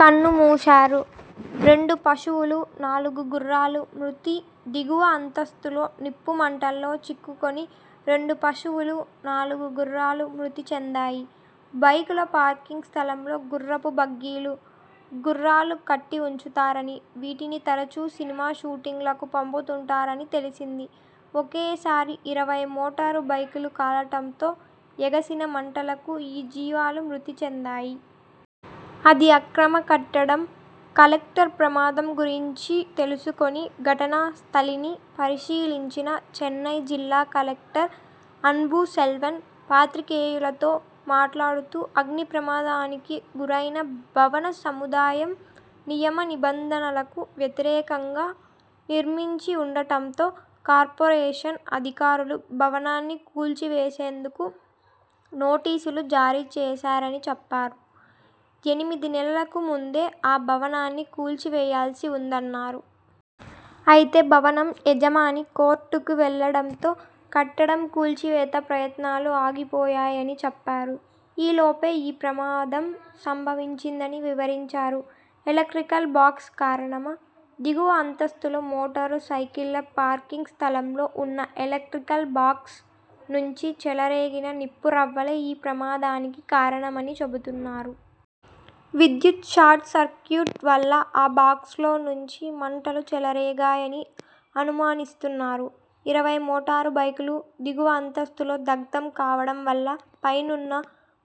కన్ను మూశారు. రెండు పశువులు, నాలుగు గుర్రాలు మృతి ధిగువ అంతస్తులో నిప్పుమంటల్లో చిక్కుకుని రెండు పశువులు, నాలుగు గుర్రాలు మృతి చెందాయి. బైకుల పార్కింగ్ స్థలంలో గుర్రపు బగ్గీలు, గుర్రాలు కట్టి ఉంచుతారని, వీటిని తరచూ సినిమా షూటింగ్లకు పంపుతుంటారని తెలిసింది. ఒకేసారి ఇరవై మోటారు బైకులు కాలటంతో ఎగసిన మంటలకు ఈ జీవాలు మృతి చెందాయి. అది అక్రమ కట్టడం కలెక్టర్ ప్రమాదం గురించి తెలుసుకొని ఘటనా స్థలిని పరిశీలించిన చెన్నై జిల్లా కలెక్టర్ అన్బుసెల్వన్ పాత్రికేయులతో మాట్లాడుతూ అగ్నిప్రమాదానికి గురైన భవన సముదాయం నియమనిబంధనలకు వ్యతిరేకంగా నిర్మించి ఉండటంతో కార్పొరేషన్ అధికారులు భవనాన్ని కూల్చివేసేందుకు నోటీసులు జారీ చేశారని చెప్పారు. ఎనిమిది నెలలకు ముందే ఆ భవనాన్ని కూల్చివేయాల్సి ఉందన్నారు. అయితే భవనం యజమాని కోర్టుకు వెళ్లడంతో కట్టడం కూల్చివేత ప్రయత్నాలు ఆగిపోయాయని చెప్పారు. ఈలోపే ఈ ప్రమాదం సంభవించిందని వివరించారు. ఎలక్ట్రికల్ బాక్స్ కారణమా? దిగువ అంతస్తులో మోటారు సైకిళ్ల పార్కింగ్ స్థలంలో ఉన్న ఎలెక్ట్రికల్ బాక్స్ నుంచి చెలరేగిన నిప్పురవ్వలే ఈ ప్రమాదానికి కారణమని చెబుతున్నారు. విద్యుత్ షార్ట్సర్క్యూట్ వల్ల ఆ బాక్స్లో నుంచి మంటలు చెలరేగాయని అనుమానిస్తున్నారు. ఇరవై మోటారు బైకులు దిగువ అంతస్థులో దగ్ధం కావడం వల్ల పైనున్న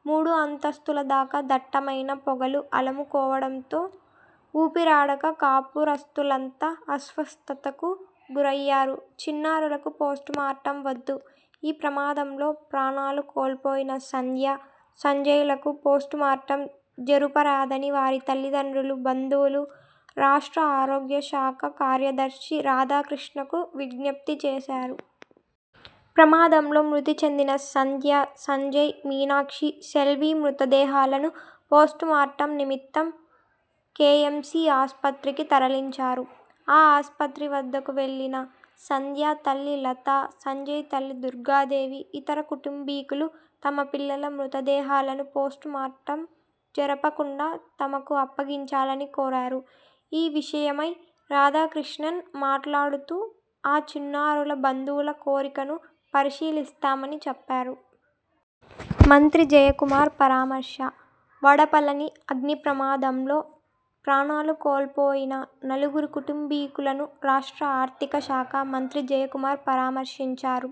మూడు అంతస్తుల దాకా దట్టమైన పొగలు అలముకోవడంతో ఊపిరాడక కాపురస్తులంతా అస్వస్థతకు గురయ్యారు. చిన్నారులకు పోస్ట్మార్టం వద్దు ఈ ప్రమాదంలో ప్రాణాలు కోల్పోయిన సంధ్య, సంజయ్లకు పోస్టుమార్టం జరుపరాదని వారి తల్లిదండ్రులు, బంధువులు రాష్ట్ర ఆరోగ్యశాఖ కార్యదర్శి రాధాకృష్ణన్కు విజ్ఞప్తిచేశారు. ప్రమాదంలో మృతిచెందిన సంధ్య, సంజయ్, మీనాక్షి, సెల్వి మృతదేహాలను పోస్టుమార్టం నిమిత్తం కేఎంసీ ఆస్పత్రికి తరలించారు. ఆ ఆస్పత్రి వద్దకు వెళ్లిన సంధ్య తల్లి లతా, సంజయ్ తల్లి దుర్గాదేవి ఇతర కుటుంబీకులు తమ పిల్లల మృతదేహాలను పోస్టుమార్టం జరుపకుండా తమకు అప్పగించాలని కోరారు. ఈ విషయమై రాధాకృష్ణన్ మాట్లాడుతూ ఆ చిన్నారుల బంధువుల కోరికను పరిశీలిస్తామని చెప్పారు. మంత్రి జయకుమార్ పరామర్శ వడపళని అగ్నిప్రమాదంలో ప్రాణాలు కోల్పోయిన నలుగురి కుటుంబీకులను రాష్ట్ర ఆర్థిక శాఖ మంత్రి జయకుమార్ పరామర్శించారు.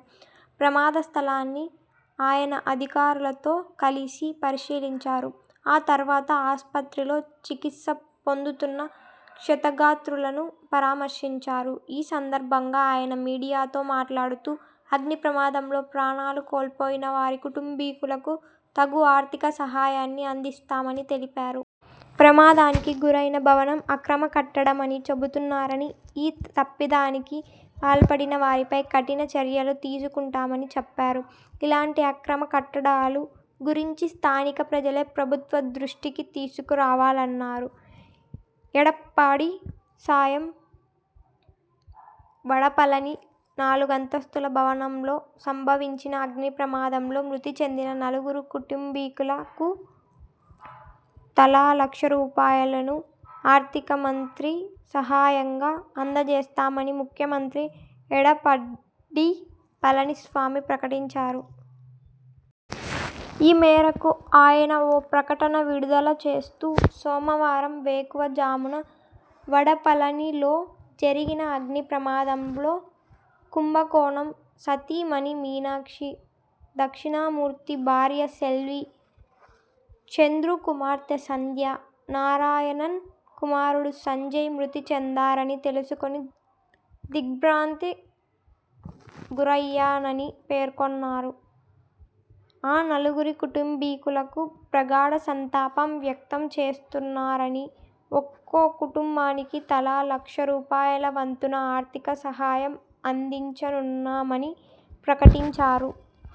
ప్రమాదస్థలాన్ని ఆయన అధికారులతో కలిసి పరిశీలించారు. ఆ తర్వాత ఆస్పత్రిలో చికిత్స పొందుతున్న క్షతగాత్రులను పరామర్శించారు. ఈ సందర్భంగా ఆయన మీడియాతో మాట్లాడుతూ అగ్నిప్రమాదంలో ప్రాణాలు కోల్పోయిన వారి కుటుంబీకులకు తగు ఆర్థిక సహాయాన్ని అం దిస్తామని తెలిపారు. ప్రమాదానికి గురైన భవనం అక్రమ కట్టడమని చెబుతున్నారని, ఈ తప్పిదానికి పాల్పడినవారిపై కఠిన చర్యలు తీసుకుంటామని చెప్పారు. ఇలాంటి అక్రమ కట్టడాలు గురించి స్థానిక ప్రజలే ప్రభుత్వ దృష్టికి తీసుకురావాలన్నారు. ఎడప్పాడి సాయం వడపళని నాలుగంతస్థుల భవనంలో సంభవించిన అగ్నిప్రమాదంలో మృతి చెందిన నలుగురి కుటుంబీకులకు తలా లక్షరూపాయలను ఆర్థిక మంత్రి సహాయంగా అంజేస్తామని ముఖ్యమంత్రి ఎడప్పాడి పళనిస్వామి ప్రకటించారు. ఈ మేరకు ఆయన ఓ ప్రకటన విడుదల చేస్తూ సోమవారం వేకువజామున వడపళనిలో జరిగిన అగ్నిప్రమాదంలో కుంభకోణం సతీమణి మీనాక్షి, దక్షిణామూర్తి భార్య సెల్వి, చంద్రు కుమార్తె సంధ్యా, నారాయణన్ కుమారుడు సంజయ్ మృతి చెందారని తెలుసుకుని దిగ్బ్రాంతి గురయ్యానని పేర్కొన్నారు. ఆ నలుగురి కుటుంబీకులకు ప్రగాఢ సంతాపం వ్యక్తంచేస్తున్నారని, ఒక్కో కుటుంబానికి తలా లక్ష రూపాయల వంతున ఆర్థిక సహాయం అందించనున్నామని ప్రకటించారు.